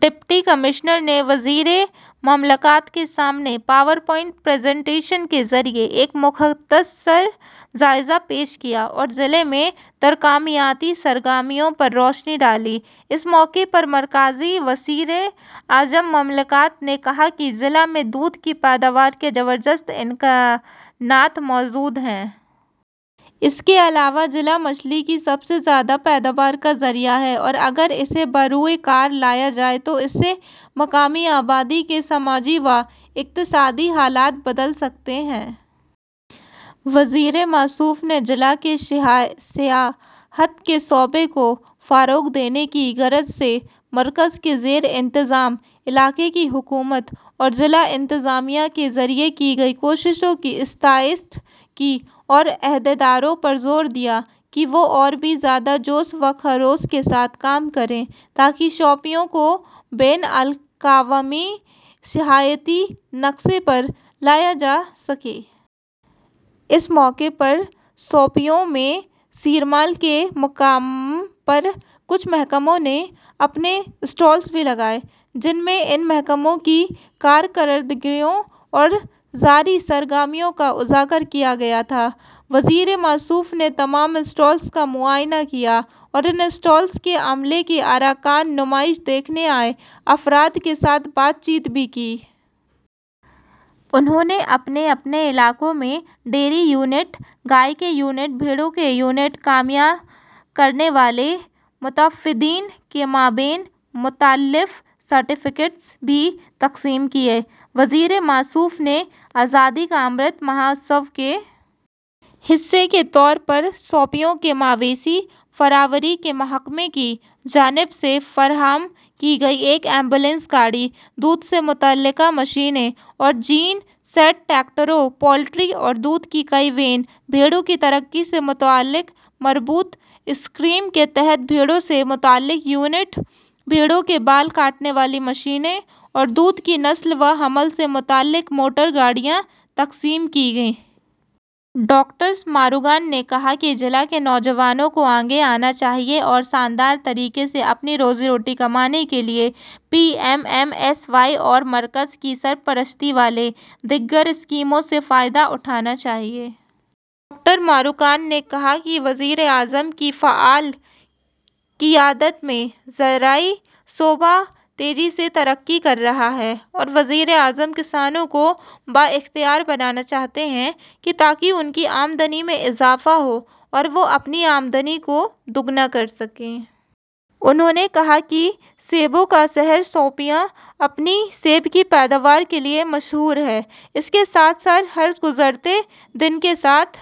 Deputy commissioner نے وزیر مملکت کے سامنے پاور پوائنٹ پریزینٹیشن کے ذریعہ ایک مختصر جائزہ پیش کیا اور ضلع میں ترقیاتی سرگرمیوں پر روشنی ڈالی۔ اس موقع پر مرکزی وزیر مملکت نے کہا کہ ضلع میں دودھ کی پیداوار کے زبردست امکانات موجود ہیں۔ اس کے علاوہ ضلع مچھلی کی سب سے زیادہ پیداوار کا ذریعہ ہے اور اگر اسے بروئے کار لایا جائے تو اس سے مقامی آبادی کے سماجی و اقتصادی حالات بدل سکتے ہیں۔ وزیر موصوف نے ضلع میں سیاحت کے شعبے کو فروغ دینے کی غرض سے مرکز کے زیر انتظام علاقے کی حکومت اور ضلع انتظامیہ کے ذریعہ کی گئی کوششوں کی ستائش کی اور عہدیداروں پر زور دیا کہ وہ اور زیادہ جوش و خروش کے ساتھ کام کریں تاکہ شوپیاں کو بین الاقوامی سیاحتی نقشے پر لایا جا سکے۔ اس موقع پر شوپیاں میں شیرمال کے مقام پر کچھ محکموں نے اپنے اپنے اسٹالز بھی لگائے تھے جن میں ان محکموں کی کارکردگیوں اور جاری سرگرمیوں کو اجاگر کیا گیا تھا۔ وزیر موصوف نے تمام اسٹالز کا معائنہ کیا اور ان اسٹالز کے عملے کے ارکان اور نمائش دیکھنے آئے افراد کے ساتھ بات چیت بھی کی۔ انہوں نے اپنے اپنے علاقوں میں ڈیری یونٹ، گائے کے یونٹ، بھیڑوں کے یونٹ قائم کرنے والے مستفیدین کے مابین مختلف سرٹیفکیٹس بھی تقسیم کیے۔ وزیر موصوف نے آزادی کا امرت مہوتسو کے حصے کے طور پر شوپیاں کے مویشی پروری کے محکمے کی جانب سے فراہم کی گئی ایک ایمبولینس گاڑی، دودھ سے متعلق مشینیں اور جین سیٹ، ٹریکٹرز، پولٹری اور دودھ کی کئی وین، بھیڑوں کی ترقی سے متعلق مربوط اسکیم کے تحت بھیڑوں سے متعلق یونٹ، بھیڑوں کے بال کاٹنے والی مشینیں اور دودھ کی نقل و حمل سے متعلق موٹر گاڑیاں تقسیم کیں۔ ڈاکٹر موروگن نے کہا کہ ضلع کے نوجوانوں کو آگے آنا چاہیے اور شاندار طریقے سے اپنی روزی روٹی کمانے کے لیے P M M S Y اور مرکز کی سرپرستی والی دیگر اسکیموں سے فائدہ اٹھانا چاہیے۔ ڈاکٹر موروگن نے کہا کہ وزیر اعظم کی فعال قیادت میں زرعی شعبہ تیزی سے ترقی کر رہا ہے اور وزیر اعظم کسانوں کو بااختیار بنانا چاہتے ہیں تاکہ ان کی آمدنی میں اضافہ ہو اور وہ اپنی آمدنی کو دوگنا کرسکیں۔ انہوں نے مزید کہا کہ سیبوں کا شہر شوپیاں، اپنی سیب کی پیداوار کے لیے مشہور ہے، اس کے ساتھ ساتھ ہر گزرتے دن کے ساتھ